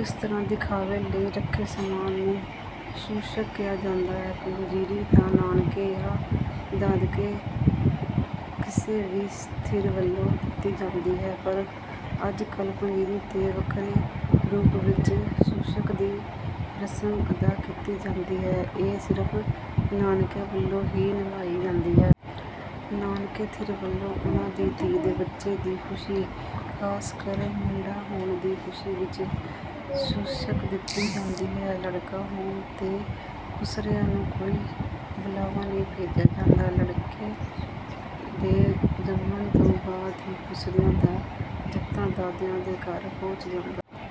ਇਸ ਤਰ੍ਹਾਂ ਦਿਖਾਵੇ ਲਈ ਰੱਖੇ ਸਾਮਾਨ ਨੂੰ ਸ਼ੂਸ਼ਕ ਕਿਹਾ ਜਾਂਦਾ ਹੈ। ਪੰਜੀਰੀ ਤਾਂ ਨਾਨਕੇ ਜਾਂ ਦਾਦਕੇ ਕਿਸੇ ਵੀ ਧਿਰ ਵੱਲੋਂ ਦਿੱਤੀ ਜਾਂਦੀ ਹੈ ਪਰ ਅੱਜ ਕੱਲ੍ਹ ਪੰਜੀਰੀ ਤੋਂ ਵੱਖਰੇ ਰੂਪ ਵਿੱਚ ਸ਼ੂਸ਼ਕ ਦੀ ਰਸਮ ਅਦਾ ਕੀਤੀ ਜਾਂਦੀ ਹੈ ਇਹ ਸਿਰਫ ਨਾਨਕਿਆਂ ਵੱਲੋਂ ਹੀ ਨਿਭਾਈ ਜਾਂਦੀ ਹੈ। ਨਾਨਕੇ ਧਿਰ ਵੱਲੋਂ ਉਨ੍ਹਾਂ ਦੀ ਧੀ ਦੇ ਬੱਚੇ ਦੀ ਖੁਸ਼ੀ ਖਾਸ ਕਰ ਮੁੰਡਾ ਹੋਣ ਦੀ ਖੁਸ਼ੀ ਵਿੱਚ ਸ਼ੂਸ਼ਕ ਦਿੱਤੀ ਜਾਂਦੀ ਹੈ। ਲੜਕਾ ਹੋਣ ਤੇ ਖੁਸਰਿਆਂ ਨੂੰ ਕੋਈ ਬੁਲਾਵਾ ਨਹੀਂ ਭੇਜਿਆ ਜਾਂਦਾ। ਲੜਕੇ ਦੇ ਜੰਮਣ ਤੋਂ ਬਾਅਦ ਹੀ ਖੁਸਰਿਆਂ ਦਾ ਜਥਾ ਦਾਦਕਿਆਂ ਦੇ ਘਰ ਪਹੁੰਚ ਜਾਂਦਾ ਹੈ।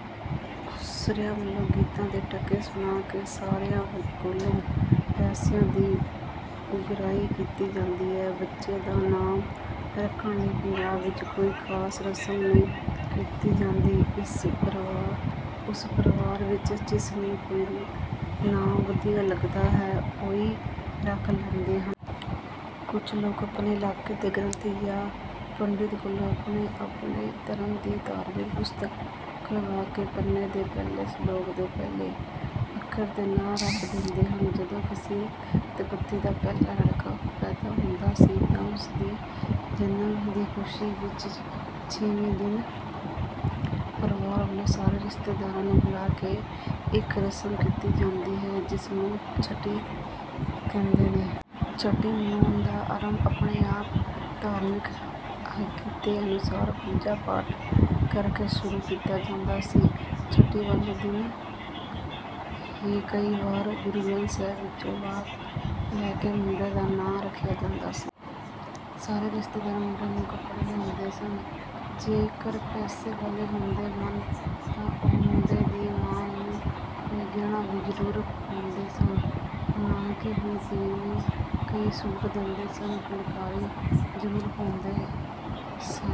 ਖੁਸਰਿਆਂ ਵੱਲੋਂ ਗੀਤਾਂ ਦੇ ਟੋਟਕੇ ਸੁਣਾ ਕੇ ਸਾਰਿਆਂ ਕੋਲੋਂ ਪੈਸਿਆਂ ਦੀ ਉਗਰਾਹੀ ਕੀਤੀ ਜਾਂਦੀ ਹੈ। ਬੱਚੇ ਦਾ ਨਾਂ ਰੱਖਣ ਲਈ ਪੰਜਾਬ ਵਿੱਚ ਕੋਈ ਖਾਸ ਰਸਮ ਨਹੀਂ ਕੀਤੀ ਜਾਂਦੀ। ਉਸ ਪਰਿਵਾਰ ਵਿੱਚ ਜਿਸ ਨੂੰ ਕੋਈ ਨਾਂ ਵਧੀਆ ਲੱਗਦਾ ਹੈ ਉਹੀ ਰੱਖ ਲੈਂਦੇ ਹਨ। ਕੁੱਝ ਲੋਕ ਆਪਣੇ ਇਲਾਕੇ ਦੇ ਗ੍ਰੰਥੀ ਜਾਂ ਪੰਡਿਤ ਕੋਲੋਂ ਆਪਣੇ ਆਪਣੇ ਧਰਮ ਦੀ ਧਾਰਮਿਕ ਪੁਸਤਕ ਖੁਲ੍ਹਵਾ ਕੇ ਪੰਨੇ ਦੇ ਪਹਿਲੇ ਸਲੋਕ ਦੇ ਪਹਿਲੇ ਅੱਖਰ ਤੇ ਨਾਂ ਰੱਖ ਦਿੰਦੇ ਹਨ। ਜਦੋਂ ਕਿਸੇ ਦੰਪਤੀ ਦੇ ਪਹਿਲਾ ਲੜਕਾ ਪੈਦਾ ਹੁੰਦਾ ਸੀ ਤਾਂ ਉਸ ਦੀ ਜਨਮ ਦੀ ਖੁਸ਼ੀ ਵਿੱਚ ਛੇਵੇਂ ਦਿਨ ਪਰਿਵਾਰ ਵੱਲੋਂ ਸਾਰੇ ਰਿਸ਼ਤੇਦਾਰਾਂ ਨੂੰ ਬੁਲਾ ਕੇ ਇੱਕ ਰਸਮ ਕੀਤੀ ਜਾਂਦੀ ਹੈ ਜਿਸ ਨੂੰ ਛਟੀ ਕਹਿੰਦੇ ਹਨ। ਛਟੀ ਮਨਾਉਣ ਦਾ ਆਰੰਭ ਆਪਣੇ ਆਪਣੇ ਧਾਰਮਿਕ ਅਕੀਦੇ ਅਨੁਸਾਰ ਪੂਜਾ ਪਾਠ ਕਰ ਕੇ ਸ਼ੁਰੂ ਕੀਤਾ ਜਾਂਦਾ ਸੀ। ਛਟੀ ਵਾਲੇ ਦਿਨ ਹੀ ਕਈ ਵਾਰ ਗੁਰੂ ਗ੍ਰੰਥ ਸਾਹਿਬ ਵਿੱਚੋਂ ਵਾਕ ਲੈ ਕੇ ਮੁੰਡੇ ਦਾ ਨਾਂ ਰੱਖਿਆ ਜਾਂਦਾ ਸੀ। ਸਾਰੇ ਰਿਸ਼ਤੇਦਾਰ ਮੁੰਡੇ ਨੂੰ ਕੱਪੜੇ ਲਿਆਉਂਦੇ ਸਨ। ਜੇਕਰ ਪੈਸੇ ਵਾਲੇ ਹੁੰਦੇ ਸਨ ਤਾਂ ਉਹ ਮੁੰਡੇ ਦੀ ਮਾਂ ਨੂੰ ਕੋਈ ਗਹਿਣਾ ਵੀ ਜ਼ਰੂਰ ਪਾਉਂਦੇ ਸਨ। ਨਾਨਕੇ ਆਪਣੀ ਧੀ ਨੂੰ ਕਈ ਸੂਟ ਦਿੰਦੇ ਸਨ। ਫੁਲਕਾਰੀ ਜ਼ਰੂਰ ਪਾਉਂਦੇ ਸਨ।